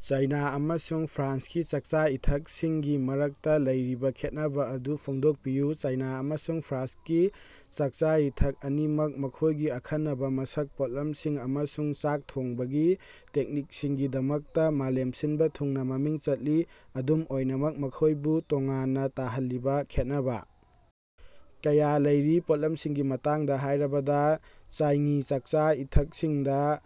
ꯆꯥꯏꯅ ꯑꯃꯁꯨꯡ ꯐ꯭ꯔꯥꯟꯁꯀꯤ ꯆꯥꯛꯆꯥ-ꯏꯊꯛꯁꯤꯡꯒꯤ ꯃꯔꯛꯇꯥ ꯂꯩꯔꯤꯕ ꯈꯦꯠꯅꯕ ꯑꯗꯨ ꯐꯣꯡꯗꯣꯛꯄꯤꯌꯨ꯫ ꯆꯥꯏꯅ ꯑꯃꯁꯨꯡ ꯐ꯭ꯔꯥꯟꯁꯀꯤ ꯆꯥꯛꯆꯥ-ꯏꯊꯛ ꯑꯅꯤꯃꯛ ꯃꯈꯣꯏꯒꯤ ꯑꯈꯟꯅꯕꯥ ꯃꯁꯛ, ꯄꯣꯠꯂꯝꯁꯤꯡ ꯑꯃꯁꯨꯡ ꯆꯥꯛ ꯊꯣꯡꯕꯒꯤ ꯇꯦꯛꯅꯤꯛꯁꯤꯡꯒꯤꯗꯃꯛꯇꯥ ꯃꯥꯂꯦꯝ ꯁꯤꯟꯕ ꯊꯨꯡꯅ ꯃꯃꯤꯡ ꯆꯠꯂꯤ꯫ ꯑꯗꯨꯝ ꯑꯣꯏꯅꯃꯛ ꯃꯈꯣꯏꯕꯨ ꯇꯣꯉꯥꯟꯅ ꯇꯥꯍꯜꯂꯤꯕ ꯈꯦꯟꯅꯕ ꯀꯌꯥ ꯂꯩꯔꯤ꯫ ꯄꯣꯠꯂꯝꯁꯤꯡꯒꯤ ꯃꯇꯥꯡꯗ ꯍꯥꯏꯔꯕꯗ, ꯆꯥꯏꯉꯤ ꯆꯥꯛꯆꯥ-ꯏꯊꯛꯁꯤꯡꯗꯥ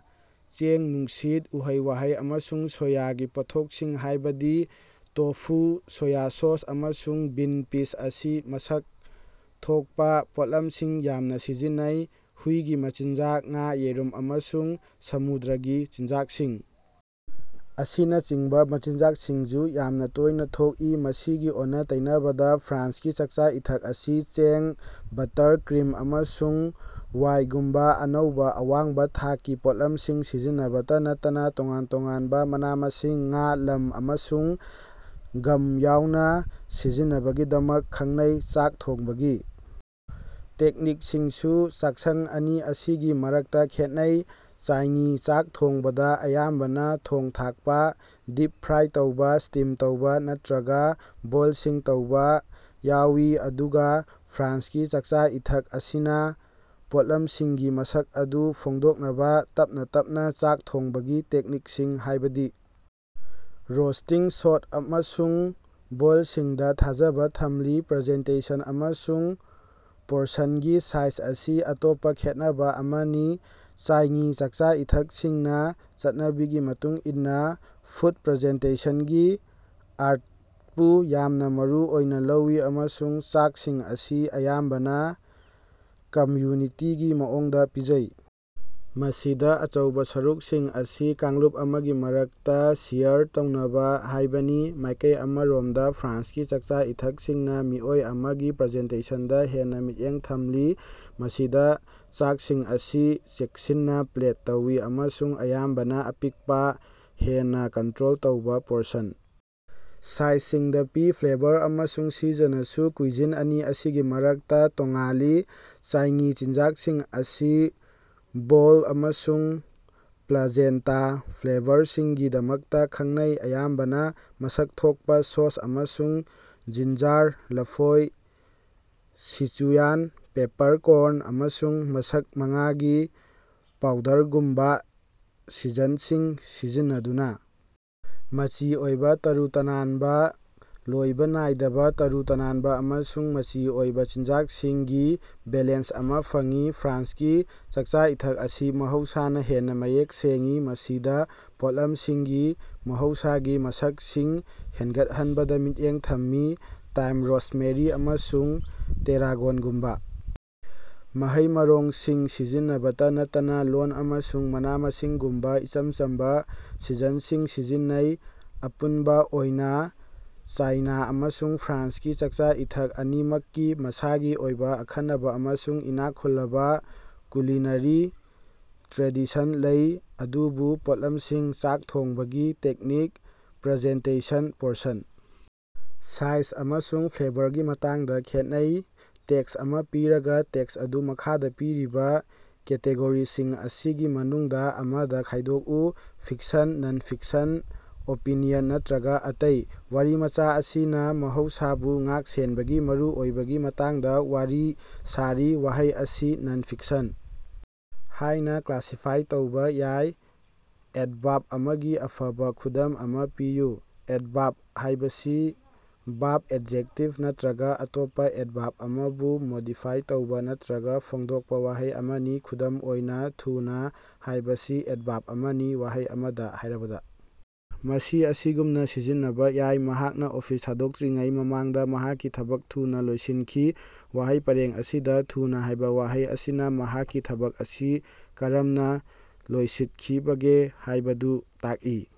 ꯆꯦꯡ, ꯅꯨꯡꯁꯤꯠ, ꯎꯍꯩ-ꯋꯍꯩ, ꯑꯃꯁꯨꯡ ꯁꯣꯌꯒꯤ ꯄꯣꯠꯊꯣꯛꯁꯤꯡ ꯍꯥꯏꯕꯗꯤ ꯇꯣꯐꯨ, ꯁꯣꯌ ꯁꯣꯁ ꯑꯃꯁꯨꯡ ꯕꯤꯟ ꯄꯤꯁ ꯑꯁꯤ ꯃꯁꯛ ꯊꯣꯛꯄꯥ ꯄꯣꯠꯂꯝꯁꯤꯡ ꯌꯥꯝꯅ ꯁꯤꯖꯤꯟꯅꯩ꯫ ꯍꯨꯏꯒꯤ ꯃꯆꯤꯟꯖꯥꯛ, ꯉꯥ, ꯌꯦꯔꯨꯝ, ꯑꯃꯁꯨꯡ ꯁꯃꯨꯗ꯭ꯔꯒꯤ ꯆꯤꯟꯖꯥꯛꯁꯤꯡ ꯑꯁꯤꯅꯆꯤꯡꯕ ꯃꯆꯤꯟꯖꯥꯛꯁꯤꯡꯁꯨ ꯌꯥꯝꯅ ꯇꯣꯏꯅ ꯊꯣꯛꯏ꯫ ꯃꯁꯤꯒꯤ ꯑꯣꯟꯅ-ꯇꯩꯅꯕꯗ, ꯐ꯭ꯔꯥꯟꯁꯀꯤ ꯆꯥꯛꯆꯥ-ꯏꯊꯛ ꯑꯁꯤ ꯆꯦꯡ, ꯕꯠꯇꯔ, ꯀ꯭ꯔꯤꯝ, ꯑꯃꯁꯨꯡ ꯋꯥꯏꯉꯨꯝꯕ ꯑꯅꯧꯕ, ꯑꯋꯥꯡꯕ ꯊꯥꯛꯀꯤ ꯄꯣꯠꯂꯝꯁꯤꯡ ꯁꯤꯖꯤꯟꯅꯕꯇ ꯅꯠꯇꯅ ꯇꯣꯉꯥꯟ ꯇꯣꯉꯥꯟꯕ ꯃꯅꯥ-ꯃꯁꯤꯡ, ꯉꯥ, ꯂꯝ, ꯑꯃꯁꯨꯡ ꯒꯝ ꯌꯥꯎꯅ ꯁꯤꯖꯤꯟꯅꯕꯒꯤꯗꯃꯛ ꯈꯪꯅꯩ꯫ ꯆꯥꯛ ꯊꯣꯡꯕꯒꯤ ꯇꯦꯛꯅꯤꯛꯁꯤꯡꯁꯨ ꯆꯥꯛꯁꯪ ꯑꯅꯤ ꯑꯁꯤꯒꯤ ꯃꯔꯛꯇꯥ ꯈꯦꯠꯅꯩ꯫ ꯆꯥꯏꯉꯤ ꯆꯥꯛ ꯊꯣꯡꯕꯗ ꯑꯌꯥꯝꯕꯅ ꯊꯣꯡ-ꯊꯥꯛꯄ, ꯗꯤꯞ-ꯐ꯭ꯔꯥꯏ ꯇꯧꯕ, ꯁ꯭ꯇꯤꯝ ꯇꯧꯕ ꯅꯠꯇ꯭ꯔꯒꯥ ꯕꯣꯏꯜꯁꯤꯡ ꯇꯧꯕ ꯌꯥꯎꯋꯤ, ꯑꯗꯨꯒ ꯐ꯭ꯔꯥꯟꯁꯀꯤ ꯆꯥꯛꯆꯥ-ꯏꯊꯛ ꯑꯁꯤꯅ ꯄꯣꯠꯂꯝꯁꯤꯡꯒꯤ ꯃꯁꯛ ꯑꯗꯨ ꯐꯣꯡꯗꯣꯛꯅꯕ ꯇꯞꯅ ꯇꯞꯅ ꯆꯥꯛ ꯊꯣꯡꯕꯒꯤ ꯇꯦꯛꯅꯤꯛꯁꯤꯡ, ꯍꯥꯏꯕꯗꯤ ꯔꯣꯁꯇꯤꯡ, ꯁꯣꯠ ꯑꯃꯁꯨꯡ ꯕꯣꯏꯜꯁꯤꯡꯗ ꯊꯥꯖꯕ ꯊꯝꯂꯤ꯫ ꯄ꯭ꯔꯖꯦꯟꯇꯦꯁꯟ ꯑꯃꯁꯨꯡ ꯄꯣꯔꯁꯟꯒꯤ ꯁꯥꯏꯖ ꯑꯁꯤ ꯑꯇꯣꯞꯄ ꯈꯦꯠꯅꯕ ꯑꯃꯅꯤ꯫ ꯆꯥꯏꯉꯤ ꯆꯥꯛꯆꯥ-ꯏꯊꯛꯁꯤꯡꯅꯥ ꯆꯠꯅꯕꯤꯒꯤ ꯃꯇꯨꯡ ꯏꯟꯅꯥ ꯐꯨꯗ ꯄ꯭ꯔꯖꯦꯟꯇꯦꯁꯟꯒꯤ ꯑꯥꯔꯇꯄꯨ ꯌꯥꯝꯅ ꯃꯔꯨ ꯑꯣꯏꯅ ꯂꯧꯏ ꯑꯃꯁꯨꯡ ꯆꯥꯛꯁꯤꯡ ꯑꯁꯤ ꯑꯌꯥꯝꯕꯅ ꯀꯝꯌꯨꯅꯤꯇꯤꯒꯤ ꯃꯑꯣꯡꯗ ꯄꯤꯖꯩ, ꯃꯁꯤꯗ ꯑꯆꯧꯕ ꯁꯔꯨꯛꯁꯤꯡ ꯑꯁꯤ ꯀꯥꯡꯂꯨꯞ ꯑꯃꯒꯤ ꯃꯔꯛꯇ ꯁꯤꯌꯔ ꯇꯧꯅꯕ ꯍꯥꯏꯕꯅꯤ꯫ ꯃꯥꯏꯀꯩ ꯑꯃꯔꯣꯝꯗꯥ ꯐ꯭ꯔꯥꯟꯁꯀꯤ ꯆꯥꯛꯆꯥ-ꯏꯊꯛꯁꯤꯡꯅ ꯃꯤꯑꯣꯏ ꯑꯃꯒꯤ ꯄꯔꯖꯦꯟꯇꯦꯁꯟꯗ ꯍꯦꯟꯅ ꯃꯤꯠꯌꯦꯡ ꯊꯝꯂꯤ, ꯃꯁꯤꯗ ꯆꯥꯛꯁꯤꯡ ꯑꯁꯤ ꯆꯦꯛꯁꯤꯟꯅ ꯄ꯭ꯂꯦꯠ ꯇꯧꯏ ꯑꯃꯁꯨꯡ ꯑꯌꯥꯝꯕꯅ ꯑꯄꯤꯛꯄ, ꯍꯦꯟꯅ ꯀꯟꯇ꯭ꯔꯣꯜ ꯇꯧꯕ ꯄꯣꯔꯁꯟ ꯁꯥꯏꯖꯁꯤꯡꯗ ꯄꯤ꯫ ꯐ꯭ꯂꯦꯕꯔ ꯑꯃꯁꯨꯡ ꯁꯤꯖꯅꯁꯨ ꯀꯨꯏꯖꯤꯟ ꯑꯅꯤ ꯑꯁꯤꯒꯤ ꯃꯔꯛꯇ ꯇꯣꯉꯥꯜꯂꯤ꯫ ꯆꯥꯏꯉꯤ ꯆꯤꯟꯖꯥꯛꯁꯤꯡ ꯑꯁꯤ ꯕꯣꯜꯗ ꯑꯃꯁꯨꯡ ꯄ꯭ꯂꯥꯖꯦꯟꯇꯥ ꯐ꯭ꯂꯦꯕꯔꯁꯤꯡꯒꯤꯗꯃꯛꯇ ꯈꯪꯅꯩ, ꯑꯌꯥꯝꯕꯅ ꯃꯁꯛ ꯊꯣꯛꯄꯥ, ꯁꯣꯁ, ꯑꯃꯁꯨꯡ ꯖꯤꯟꯖꯥꯔ, ꯂꯐꯣꯏ, ꯁꯤꯆꯨꯌꯥꯟ ꯄꯦꯄꯔꯀꯣꯟ ꯑꯃꯁꯨꯡ ꯃꯁꯛ ꯃꯉꯥꯒꯤ ꯄꯥꯎꯗꯔꯒꯨꯝꯕ ꯁꯤꯖꯟꯁꯤꯡ ꯁꯤꯖꯤꯟꯅꯗꯨꯅ ꯃꯆꯤ ꯑꯣꯏꯕ, ꯇꯔꯨ ꯇꯅꯥꯟꯕ, ꯂꯣꯏꯕ ꯅꯥꯏꯗꯕ, ꯇꯔꯨ ꯇꯅꯥꯟꯕ ꯑꯃꯁꯨꯡ ꯃꯆꯤ ꯑꯣꯏꯕ ꯆꯤꯟꯖꯥꯛꯁꯤꯡꯒꯤ ꯕꯦꯂꯦꯟꯁ ꯑꯃ ꯐꯪꯏ꯫ ꯐ꯭ꯔꯥꯟꯁꯀꯤ ꯆꯥꯛꯆꯥ-ꯏꯊꯛ ꯑꯁꯤ ꯃꯍꯧꯁꯥꯅ ꯍꯦꯟꯅ ꯃꯌꯦꯛ ꯁꯦꯡꯏ, ꯃꯁꯤꯗ ꯄꯣꯠꯂꯝꯁꯤꯡꯒꯤ ꯃꯍꯧꯁꯥꯒꯤ ꯃꯁꯛꯁꯤꯡ ꯍꯦꯟꯒꯠꯍꯟꯕꯗ ꯃꯤꯠꯌꯦꯡ ꯊꯝꯃꯤ, ꯇꯥꯏꯝ, ꯔꯣꯁꯃꯦꯔꯤ, ꯑꯃꯁꯨꯡ ꯇꯦꯔꯥꯒꯣꯟꯒꯨꯝꯕ ꯃꯍꯩ-ꯃꯔꯣꯡꯁꯤꯡ ꯁꯤꯖꯤꯟꯅꯕꯇ ꯅꯠꯇꯅ ꯂꯣꯟ ꯑꯃꯁꯨꯡ ꯃꯅꯥ-ꯃꯁꯤꯡꯒꯨꯝꯕꯥ ꯏꯆꯝ ꯆꯝꯕ ꯁꯤꯖꯟꯁꯤꯡ ꯁꯤꯖꯤꯟꯅꯩ꯫ ꯑꯄꯨꯟꯕ ꯑꯣꯏꯅ ꯆꯥꯏꯅ ꯑꯃꯁꯨꯡ ꯐ꯭ꯔꯥꯟꯁꯀꯤ ꯆꯥꯛꯆꯥ-ꯏꯊꯛ ꯑꯅꯤꯃꯛꯀꯤ ꯃꯁꯥꯒꯤ ꯑꯣꯏꯕ ꯑꯈꯟꯅꯕ ꯑꯃꯁꯨꯡ ꯏꯅꯥꯛ ꯈꯨꯜꯂꯕ ꯀꯨꯂꯤꯅꯔꯤ ꯇ꯭ꯔꯦꯗꯤꯁꯟ ꯂꯩ, ꯑꯗꯨꯕꯨ ꯄꯣꯠꯂꯝꯁꯤꯡ, ꯆꯥꯛ ꯊꯣꯡꯕꯒꯤ ꯇꯦꯛꯅꯤꯛ, ꯄꯔꯖꯦꯟꯇꯦꯁꯟ, ꯄꯣꯔꯁꯟ ꯁꯥꯏꯖ ꯑꯃꯁꯨꯡ ꯐ꯭ꯂꯦꯕꯔꯒꯤ ꯃꯇꯥꯡꯗ ꯈꯦꯠꯅꯩ꯫ ꯇꯦꯛꯁ ꯑꯃ ꯄꯤꯔꯒ, ꯇꯦꯛꯁ ꯑꯗꯨ ꯃꯈꯥꯗ ꯄꯤꯔꯤꯕ ꯀꯦꯇꯦꯒꯣꯔꯤꯁꯤꯡ ꯑꯁꯤꯒꯤ ꯃꯅꯨꯡꯗ ꯑꯃꯗ ꯈꯥꯏꯗꯣꯛꯎ: ꯐꯤꯛꯁꯟ, ꯅꯟ-ꯐꯤꯛꯁꯟ, ꯑꯣꯄꯤꯅꯤꯌꯟ ꯅꯠꯇ꯭ꯔꯒ ꯑꯇꯩ꯫ ꯋꯔꯤꯃꯆꯥ ꯑꯁꯤꯅ ꯃꯍꯧꯁꯥꯕꯨ ꯉꯥꯛ-ꯁꯦꯟꯕꯒꯤ ꯃꯔꯨꯑꯣꯏꯕꯒꯤ ꯃꯇꯥꯡꯗ ꯋꯔꯤ ꯁꯥꯔꯤ꯫ ꯋꯍꯩ ꯑꯁꯤ "ꯅꯟ-ꯐꯤꯛꯁꯟ" ꯍꯥꯏꯅ ꯀ꯭ꯂꯥꯁꯤꯐꯥꯏ ꯇꯧꯕ ꯌꯥꯏ꯫ ꯑꯦꯗꯚꯔꯕ ꯑꯃꯒꯤ ꯑꯐꯕꯥ ꯈꯨꯗꯝ ꯑꯃꯥ ꯄꯤꯌꯨ꯫ ꯑꯦꯗꯚꯔꯕ ꯍꯥꯏꯕꯁꯤ ꯕꯔꯕ, ꯑꯦꯖꯦꯛꯇꯤꯚ ꯅꯠꯇ꯭ꯔꯒ ꯑꯇꯣꯞꯄ ꯑꯦꯗꯚꯔꯕ ꯑꯃꯕꯨ ꯃꯣꯗꯤꯐꯥꯏ ꯇꯧꯕ ꯅꯠꯇ꯭ꯔꯒ ꯐꯣꯡꯗꯣꯛꯄ ꯋꯍꯩ ꯑꯃꯅꯤ꯫ ꯈꯨꯗꯝ ꯑꯣꯏꯅꯥ, "ꯊꯨꯅꯥ" ꯍꯥꯏꯕꯁꯤ ꯑꯦꯗꯚꯔꯕ ꯑꯃꯅꯤ꯫ ꯋꯍꯩ ꯑꯃꯗ ꯍꯥꯏꯔꯕꯗ, ꯃꯁꯤ ꯑꯁꯤꯒꯨꯝꯅ ꯁꯤꯖꯤꯟꯅꯕ ꯌꯥꯏ: "ꯃꯍꯥꯛꯅ ꯑꯣꯐꯤꯁ ꯊꯗꯣꯛꯇ꯭ꯔꯤꯉꯩ ꯃꯃꯥꯡꯗ ꯃꯍꯥꯛꯀꯤ ꯊꯕꯛ ꯊꯨꯅ ꯂꯣꯏꯁꯤꯟꯈꯤ꯫" ꯋꯥꯍꯩ ꯄꯔꯦꯡ ꯑꯁꯤꯗ "ꯊꯨꯅ" ꯍꯥꯏꯕ ꯋꯥꯍꯩ ꯑꯁꯤꯅ ꯃꯍꯥꯛꯀꯤ ꯊꯕꯛ ꯑꯁꯤ ꯀꯔꯝꯅ ꯂꯣꯏꯁꯤꯠꯈꯤꯕꯒꯦ ꯍꯥꯏꯕꯗꯨ ꯇꯥꯛꯏ꯫